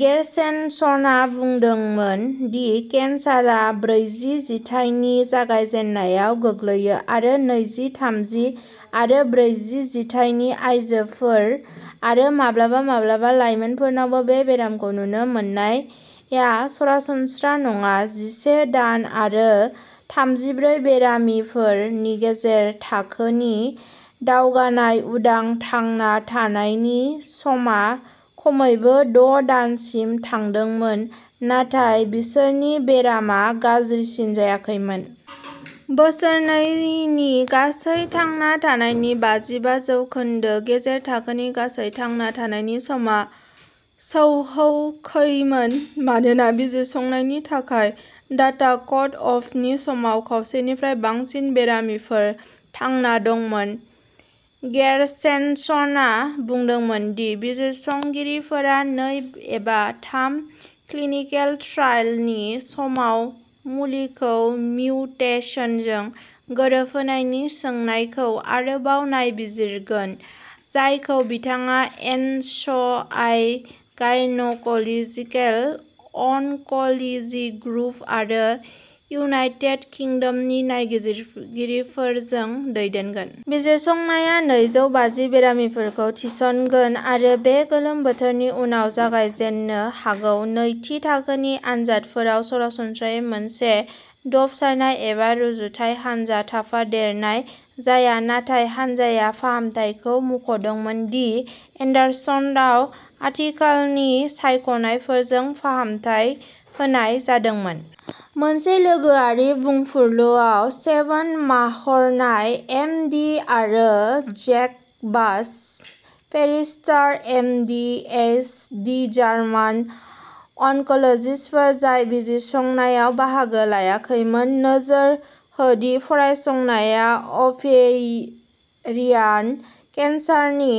गेरशेनसनआ बुंदोंमोन दि केन्सारआ ब्रैजि जिथाइनि जागायजेन्नायाव गोग्लैयो, आरो नैजि, थामजि आरो ब्रैजि जिथाइनि आयजोफोर आरो माब्लाबा माब्लाबा लाइमोनफोरनाव बे बेरामखौ नुनो मोननाया सरासनस्रा नङा। जिसे दान आरो थामजिब्रै बेरामिफोर नि गेजेर थाखोनि दावगानाय उदां थांना थानायनि समा खमैबो द' दानसिम थांदोंमोन, नाथाय बिसोरनि बेरामा गाज्रिसिन जायाखैमोन। बोसोरनैनि गासै थांना थानायनि बाजिबा जौखोन्दो। गेजेर थाखोनि गासै थांना थानायनि समा सौहैखैमोन, मानोना बिजिरसंनायनि थाखाय डाटा कटअफनि समाव खावसेनिफ्राय बांसिन बेरामिफोर थांना दंमोन। गेरशेनसनआ बुंदोंमोन दि बिजिरसंगिरिफोरा नै एबा थाम क्लिनिकेल ट्राइलनि समाव मुलिखौ मिउटेसनजों गोरोबहोनायनि सोंनायखौ आरोबाव नायबिजिरगोन, जायखौ बिथाङा N S I gynaecological oncology group आरो इउनाइटेड किंडमनि नायबिजिरगिरिफोरजों दैदेनगोन। बिजिरसंनाया नैजौ बाजि बेरामिफोरखौ थिसनगोन आरो बे गोलोम बोथोरनि उनाव जागायजेन्नो हागौ। नैथि थाखोनि आनजादफोराव सरासनस्रायै मोनसे दबथायनाय एबा रुजुथाय हानजा थाफादेरनाय जाया, नाथाय हानजाया फाहामथायखौ मुंख'दोंमोन। डि एन्डारसनआव आथिखालनि सायख'नायफोरजों फाहामथाय होनाय जादोंमोन। मोनसे लोगोआरि बुंफुरलुआव, स्वेन माहरनाय, एम डि आरो Jacobus Pfisterer, M D P H D German अनक'ल'जिस्टफोर जाय बिजिरसंनायाव बाहागो लायाखैमोन, नोजोर हो दि फरायसंनाया अभेरियान केन्सारनि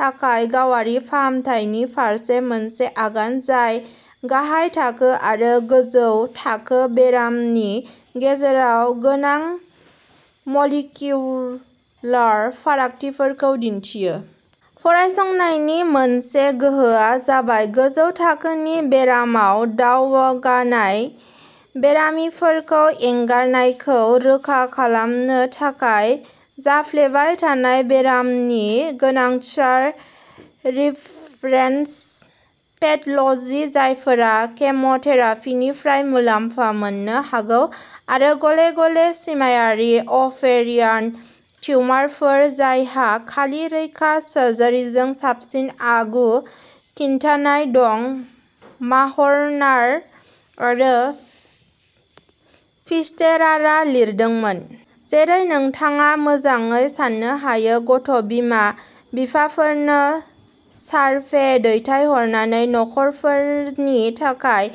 थाखाय गावारि फाहामथायनि फारसे मोनसे आगान जाय गाहाय थाखो आरो गोजौ थाखो बेरामनि गेजेराव गोनां मलिकिउलार फारागथिफोरखौ दिन्थियो। "फरायसंनायनि मोनसे गोहोआ जाबाय गोजौ थाखोनि बेरामाव दावगानाय बेरामिफोरखौ एंगारनायखौ रोखा खालामनो थाखाय जाफ्लेबाय थानाय बेरामनि गोनांथार रिफरेन्स पेथ'ल'जि, जायफोरा केम'थेरापिनिफ्राय मुलाम्फा मोननो हागौ आरो गले-गले सिमाआरि अभेरियान टिउमारफोर जायहा खालि रैखा सार्जारिजों साबसिन आगु खिन्थानाय दं", माहनार आरो फिस्टेरारा लिरदोंमोन। जेरै नोंथाङा मोजाङै सान्नो हायो, गथ' बिमा-बिफाफोरनो सारभे दैथायहरनानै नखरफोरनि थाखाय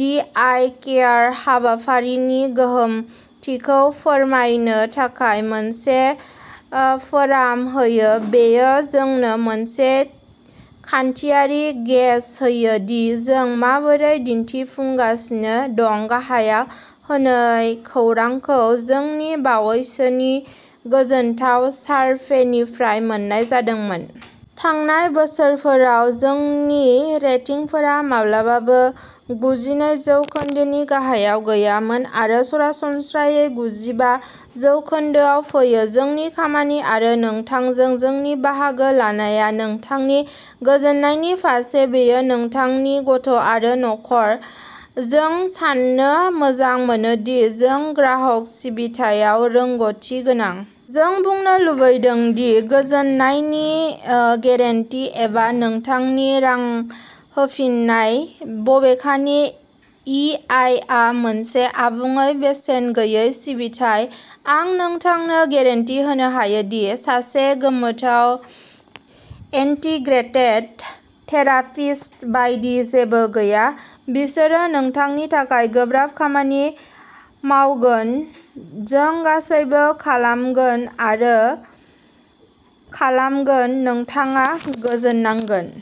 दि आइ केयार हाबाफारिनि गोहोमथिखौ फोरमायनो थाखाय मोनसे फोराम होयो। बेयो जोंनो मोनसे खान्थियारि गेज होयो दि जों माबोरै दिन्थिफुंगासिनो दं। गाहायाव होनाय खौरांखौ जोंनि बावैसोनि नि गोजोनथाव सारभेनिफ्राय मोन्नाय जादोंमोन। थांनाय बोसोरफोराव जोंनि रेटिंफोरा माब्लाबाबो गुजिनै जौखोन्दोनि गाहायाव गैयामोन आरो सरासनस्रायै गुजिबा जौखोन्दोआव फैयो। जोंनि खामानि आरो नोंथांजों जोंनि बाहागो लानाया नोंथांनि गोजोननायनि फारसे। बेयो नोंथांनि गथ' आरो नखर। जों साननो मोजां मोनो दि जों ग्राहक सिबिथायाव रोंग'थिगोनां। जों बुंनो लुबैदों दि गोजोननायनि ओ गेरेन्टि एबा नोंथांनि रां होफिननाय। बबेखानि, इ आइ आ मोनसे आबुङै बेसेन गैयै सिबिथाइ। आं नोंथांनो गेरेन्टि होनो हायो दि सासे गोमोथाव इन्टिग्रेटेड थेरापिस्ट बायदि जेबो गैया। बिसोरो नोंथांनि थाखाय गोब्राब खामानि मावगोन। जों गासैबो खालामगोन आरो खालामगोन। नोंथाङा गोजोननांगोन।